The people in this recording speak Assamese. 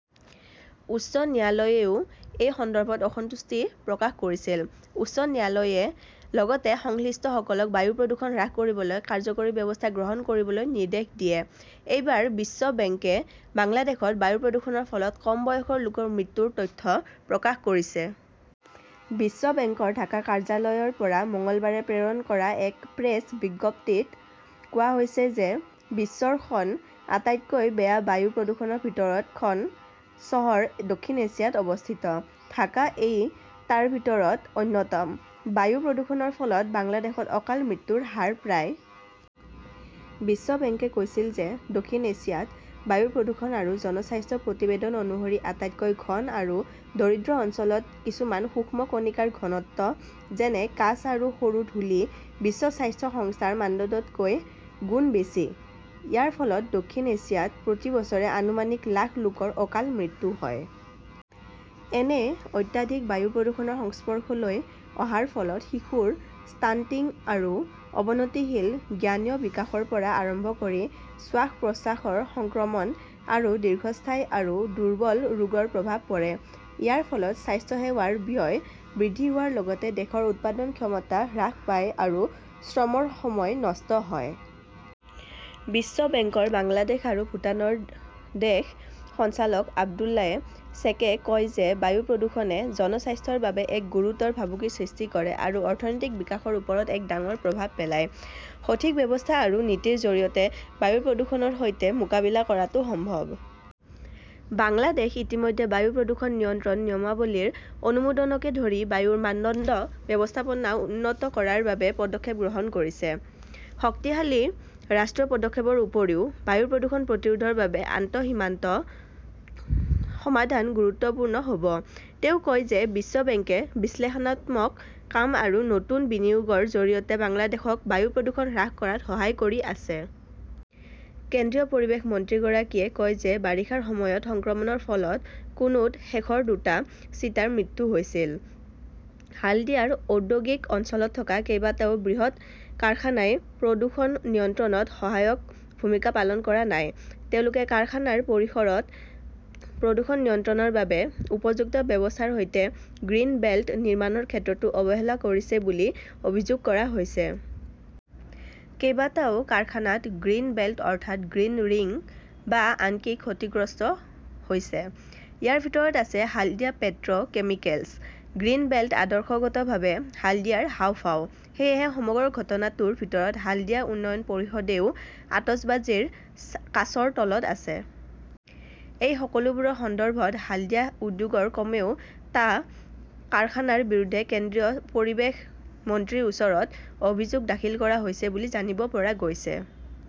উচ্চ ন্যায়ালয়েও এই সন্দৰ্ভত "অসন্তুষ্টি" প্ৰকাশ কৰিছিল। উচ্চ ন্যায়ালয়ে লগতে সংশ্লিষ্টসকলক বায়ু প্ৰদূষণ হ্ৰাস কৰিবলৈ কাৰ্যকৰী ব্যৱস্থা গ্ৰহণ কৰিবলৈ নিৰ্দেশ দিয়ে। এইবাৰ বিশ্ব বেংকে বাংলাদেশত বায়ু প্ৰদূষণৰ ফলত কম বয়সৰ লোকৰ মৃত্যুৰ তথ্য প্ৰকাশ কৰিছে। বিশ্ব বেংকৰ ঢাকা কাৰ্যালয়ৰ পৰা মঙলবাৰে প্ৰেৰণ কৰা এক প্ৰেছ বিজ্ঞপ্তিত কোৱা হৈছে যে বিশ্বৰ খন আটাইতকৈ বেয়া বায়ু প্ৰদূষণৰ ভিতৰত খন চহৰ দক্ষিণ এছিয়াত অৱস্থিত। ঢাকা এই টাৰ ভিতৰত অন্যতম। বায়ু প্ৰদূষণৰ ফলত বাংলাদেশত অকাল মৃত্যুৰ হাৰ প্ৰায়। বিশ্ব বেংকে কৈছিল যে দক্ষিণ এছিয়াত বায়ু প্ৰদূষণ আৰু জনস্বাস্থ্য প্ৰতিবেদন অনুসৰি আটাইতকৈ ঘন আৰু দৰিদ্ৰ অঞ্চলত কিছুমান সূক্ষ্ম কণিকাৰ ঘনত্ব, যেনে কাঁচ আৰু সৰু ধূলি বিশ্ব স্বাস্থ্য সংস্থাৰ মানদণ্ডতকৈ গুণ বেছি। ইয়াৰ ফলত দক্ষিণ এছিয়াত প্ৰতি বছৰে আনুমানিক লাখ লোকৰ অকাল মৃত্যু হয়। এনে অত্যাধিক বায়ু প্ৰদূষণৰ সংস্পৰ্শলৈ অহাৰ ফলত শিশুৰ ষ্টাণ্টিং আৰু অৱনতিশীল জ্ঞানীয় বিকাশৰ পৰা আৰম্ভ কৰি শ্বাস-প্ৰশ্বাসৰ সংক্ৰমণ আৰু দীৰ্ঘস্থায়ী আৰু দুৰ্বল ৰোগৰ প্ৰভাৱ পৰে। ইয়াৰ ফলত স্বাস্থ্যসেৱাৰ ব্যয় বৃদ্ধি হোৱাৰ লগতে দেশৰ উৎপাদন ক্ষমতা হ্ৰাস পায় আৰু শ্ৰমৰ সময় নষ্ট হয়। বিশ্ব বেংকৰ বাংলাদেশ আৰু ভূটানৰ দেশ সঞ্চালক আব্দুল্লায়ে ছেকে কয় যে বায়ু প্ৰদূষণে জনস্বাস্থ্যৰ বাবে এক গুৰুতৰ ভাবুকিৰ সৃষ্টি কৰে আৰু অৰ্থনৈতিক বিকাশৰ ওপৰত এক ডাঙৰ প্ৰভাৱ পেলায়। সঠিক ব্যৱস্থা আৰু নীতিৰ জৰিয়তে বায়ু প্ৰদূষণৰ সৈতে মোকাবিলা কৰাটো সম্ভৱ। বাংলাদেশ ইতিমধ্যে বায়ু প্ৰদূষণ নিয়ন্ত্ৰণ নিয়মাৱলীৰ অনুমোদনকে ধৰি বায়ুৰ মানদণ্ড ব্যৱস্থাপনা উন্নত কৰাৰ বাবে পদক্ষেপ গ্ৰহণ কৰিছে। শক্তিশালী ৰাষ্ট্ৰীয় পদক্ষেপৰ উপৰিও, বায়ু প্ৰদূষণ প্ৰতিৰোধৰ বাবে আন্তঃসীমান্ত সমাধান গুৰুত্বপূৰ্ণ হ "ব। তেওঁ কয় যে বিশ্ব বেংকে বিশ্লেষণাত্মক কাম আৰু নতুন বিনিয়োগৰ জৰিয়তে বাংলাদেশক বায়ু প্ৰদূষণ হ্ৰাস কৰাত সহায় কৰি আছে। কেন্দ্ৰীয় পৰিৱেশ মন্ত্ৰীগৰাকীয়ে কয় যে বাৰিষাৰ সময়ত সংক্ৰমণৰ ফলত কুনুত শেষৰ দুটা চিতাৰ মৃত্যু হৈছিল। হালদিয়াৰ ঔদ্যোগিক অঞ্চলত থকা কেইবাটাও বৃহৎ কাৰখানাই প্ৰদূষণ নিয়ন্ত্ৰণত সহায়ক ভূমিকা পালন কৰা নাই। তেওঁলোকে কাৰখানাৰ পৰিসৰত প্ৰদূষণ নিয়ন্ত্ৰণৰ বাবে উপযুক্ত ব্যৱস্থাৰ সৈতে গ্ৰীণ বেল্ট নিৰ্মাণৰ ক্ষেত্ৰতো অৱহেলা কৰিছে বুলি অভিযোগ কৰা হৈছে। কেইবাটাও কাৰখানাত গ্ৰীণ বেল্ট অৰ্থাৎ গ্ৰীণ ৰিং বা আনকি ক্ষতিগ্ৰস্ত হৈছে। ইয়াৰ ভিতৰত আছে Haldia "petrochemicals. Green belt আদৰ্শগতভাৱে হাল্ডিয়াৰ হাঁওফাঁও। সেয়েহে সমগ্ৰ ঘটনাটোৰ ভিতৰত হালদিয়া উন্নয়ন পৰিষদেও আতচবাজীৰ কাচৰ তলত আছে। এই সকলোবোৰৰ সন্দৰ্ভত হালদিয়া উদ্যোগৰ কমেও টা কাৰখানাৰ বিৰুদ্ধে কেন্দ্ৰীয় পৰিৱেশ মন্ত্ৰীৰ ওচৰত অভিযোগ দাখিল কৰা হৈছে বুলি জানিব পৰা গৈছে।